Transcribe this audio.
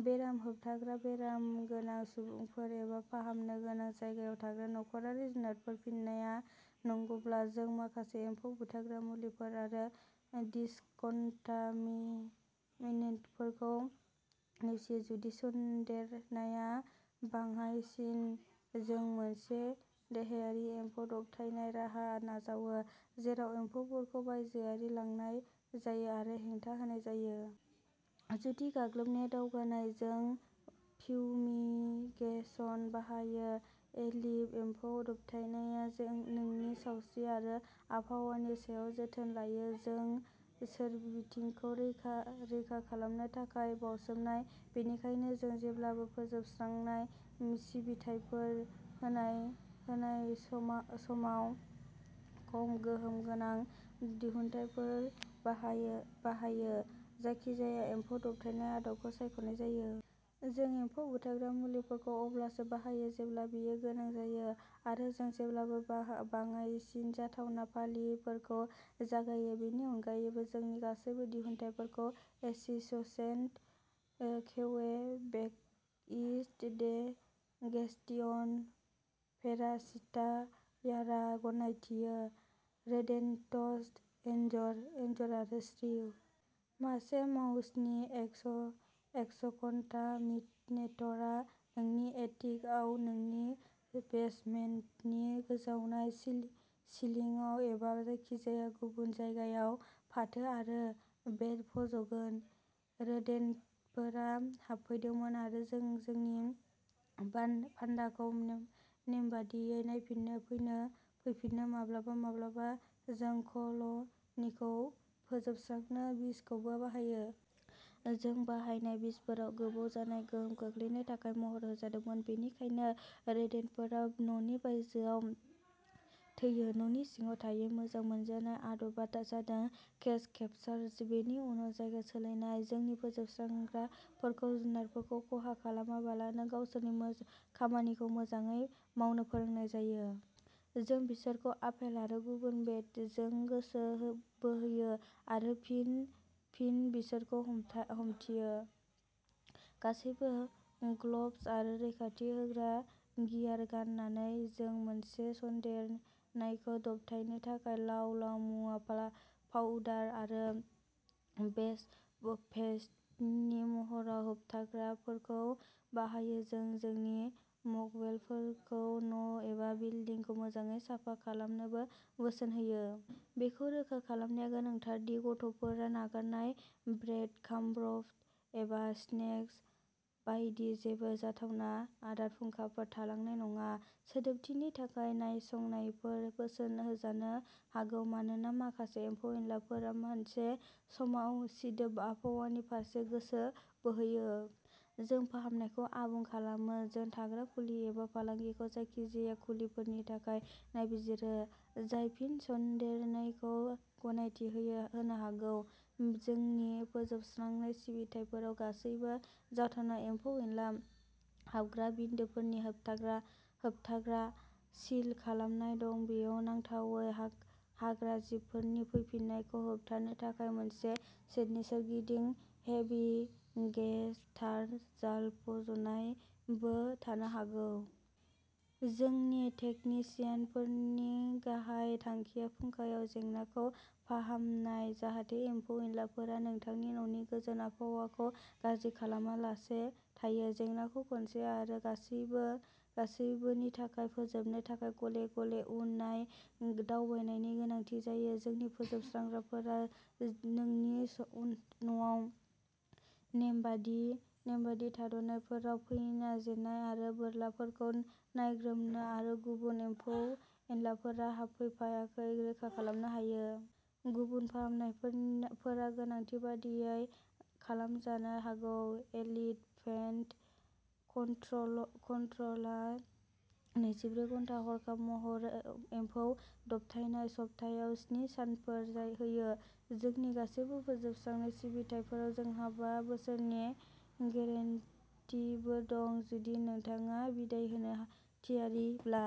बेराम होबथाग्रा बेराम गोनां सुबुंफोर एबा फाहामनो गोनां जायगायाव थाग्रा नखरारि जुनारफोर फिननाया नंगौब्ला, जों माखासे एम्फौ बुथारग्रा मुलिफोर आरो दिसकन्टामिनेन्टफोरखौ नेवसियो। जुदि सन्देरनाया बाङायसिन, जों मोनसे देहायारि एम्फौ दबथायनाय राहा नाजावो, जेराव एम्फौफोरखौ बायजोआव लांनाय जायो आरो हेंथा होनाय जायो। जुदि गाग्लोबनाया दावगानाय, जों फिउमिगेसन बाहायो। एलिट एम्फौ दबथायनाया नोंनि सावस्रि आरो आबहावानि सायाव जोथोन लायो। जों सोरबिथिंखौ रैखा खालामनो थाखाय बाउसोमनाय, बेनिखायनो जों जेब्लाबो फोजोबस्रांनाय सिबिथायफोर होनाय समाव खम गोहोम गोनां दिहुनथायफोर बाहायो, जायखिजाया एम्फौ दबथायनाय आदबखौ सायख'नाय जायो। जों एम्फौ बुथारग्रा मुलिफोरखौ अब्लासो बाहायो जेब्ला बेयो गोनां जायो, आरो जों जेब्लाबो बाङायसिन जाथावना फालिफोरजों जागायो। बेनि अनगायैबो, जोंनि गासैबो दिहुनथायफोरखौ एस'सिएशन क्वेबेक'इज दे गेस्टियन पेरासिटायरआ गनायथियो। रोदेन्टस एनजर, एनजर आरो श्रिउ। मासे माउसनि एक्सकन्टामिनेटरआ नोंनि एटिकआव, नोंनि बेसमेन्टनि गोजावनाय सिलिंआव एबा जायखिजाया गुबुन जायगायाव फाथो आरो बेट फज'गोन। रोदेन्टफोरा हाबफैदोंमोन आरो जों जोंनि फान्दाखौ नेमबादियै नायफिन्नो फैफिनो। माब्लाबा माब्लाबा, जों कल'निखौ फोजोबस्रांनो बिसखौबो बाहायो। जों बाहायनाय बिसफोरा गोबाव जानाय गोहोम खोख्लैनो थाखाय महर होजादोंमोन, बेनिखायनो रोदेन्टफोरा न'नि बायजोआव थैयो न'नि सिङाव थायै। मोजां मोनजानाय आदबा जादों केज-केपसार, बेनि उनाव जायगा सोलायनाय। जोंनि फोजोबस्रांग्राफोरखौ जुनारफोरखौ खहा खालामालाबानो गावसोरनि खामानिखौ मोजाङै मावनो फोरोंनाय जायो। जों बिसोरखौ आपेल आरो गुबुन बेटजों गोसो बोहोयो आरो फिन बिसोरखौ हमथियो, गासैबो ग्लब्स आरो रैखाथि होग्रा गियार गाननानै। जों मोनसे सन्देरनायखौ दबथायनो थाखाय लाव-लाव मुवा, पाउडार आरो पेस्टनि महराव होबथाग्राफोरखौ बाहायो। जों जोंनि मक्केलफोरखौ न' एबा बिल्दिंखौ मोजाङै साफा खालामनोबो बोसोन होयो। बेखौ रोखा खालामनाया गोनांथार दि गथ'फोरा नागारनाय ब्रेड क्राम्ब्स एबा स्नेक्स बायदि जेबो जाथावना आदार फुंखाफोर थालांनाय नङा। सिदोबथिनि थाखाय नायसंनायबो बोसोन होजानो हागौ, मानोना माखासे एम्फौ-एनलाफोरा मोनसे समाव सिदोब आबहावानि फारसे गोसो बोहोयो। जों फाहामनायखौ आबुं खालामो, जों थाग्रा खुलि एबा फालांगिखौ जायखिजाया खुलिफोरनि थाखाय नायबिजिरो जाय फिन-सन्देरनायखौ गनायथि होनो हागौ। जोंनि फोजोबस्रांनाय सिबिथाइफोराव गासैबो जाथावना एम्फौ-एनला हाबग्रा बिन्दोफोरनि होबथाग्रा सिल खालामनाय दं; बेयाव नांथावै हाग्राजिबफोरनि फैफिन्नायखौ होबथानो थाखाय मोनसे सेडनि सोरगिदिं हेभि-गेज तार जाल फज'नायबो थानो हागौ। जोंनि तेकनिसियानफोरनि गाहाय थांखिया फुंखायाव जेंनाखौ फाहामनाय, जाहाथे एम्फौ-एनलाफोरा नोंथांनि न'नि गोजोन आबहावाखौ गाज्रि खालामालासे थायो। जेंनाखौ खनसे आरो गासिबोनि थाखाय फोजोबनो थाखाय, गले-गले उन-नाय दावबायनायनि गोनांथि जायो। जोंनि फोजोबस्रांग्राफोरा नोंनि न'आव नेमबादि थाद'नायफोराव फैना जेन्नाय आरो बोरलाफोरखौ नायग्रोमनो आरो गुबुन एम्फौ-एनलाफोरा हाबफैाखैखौ रोखा खालामनो हायो। गुबुन फाहामनायफोरा गोनांथि बायदियै खालामजानो हागौ। एलिट पेस्ट कन्ट्र'लआ नैजिब्रै घन्टा हरखाब एम्फौ दबथायनाय, सप्तायाव स्नि सानफोर होयो। जोंनि गासिबो फोजोबस्रांनाय सिबिथाइफोराव जोंहा बा बोसोरनि गेरेन्टीबो दं। जुदि नोंथाङा बिदाइ होनो थियारिब्ला।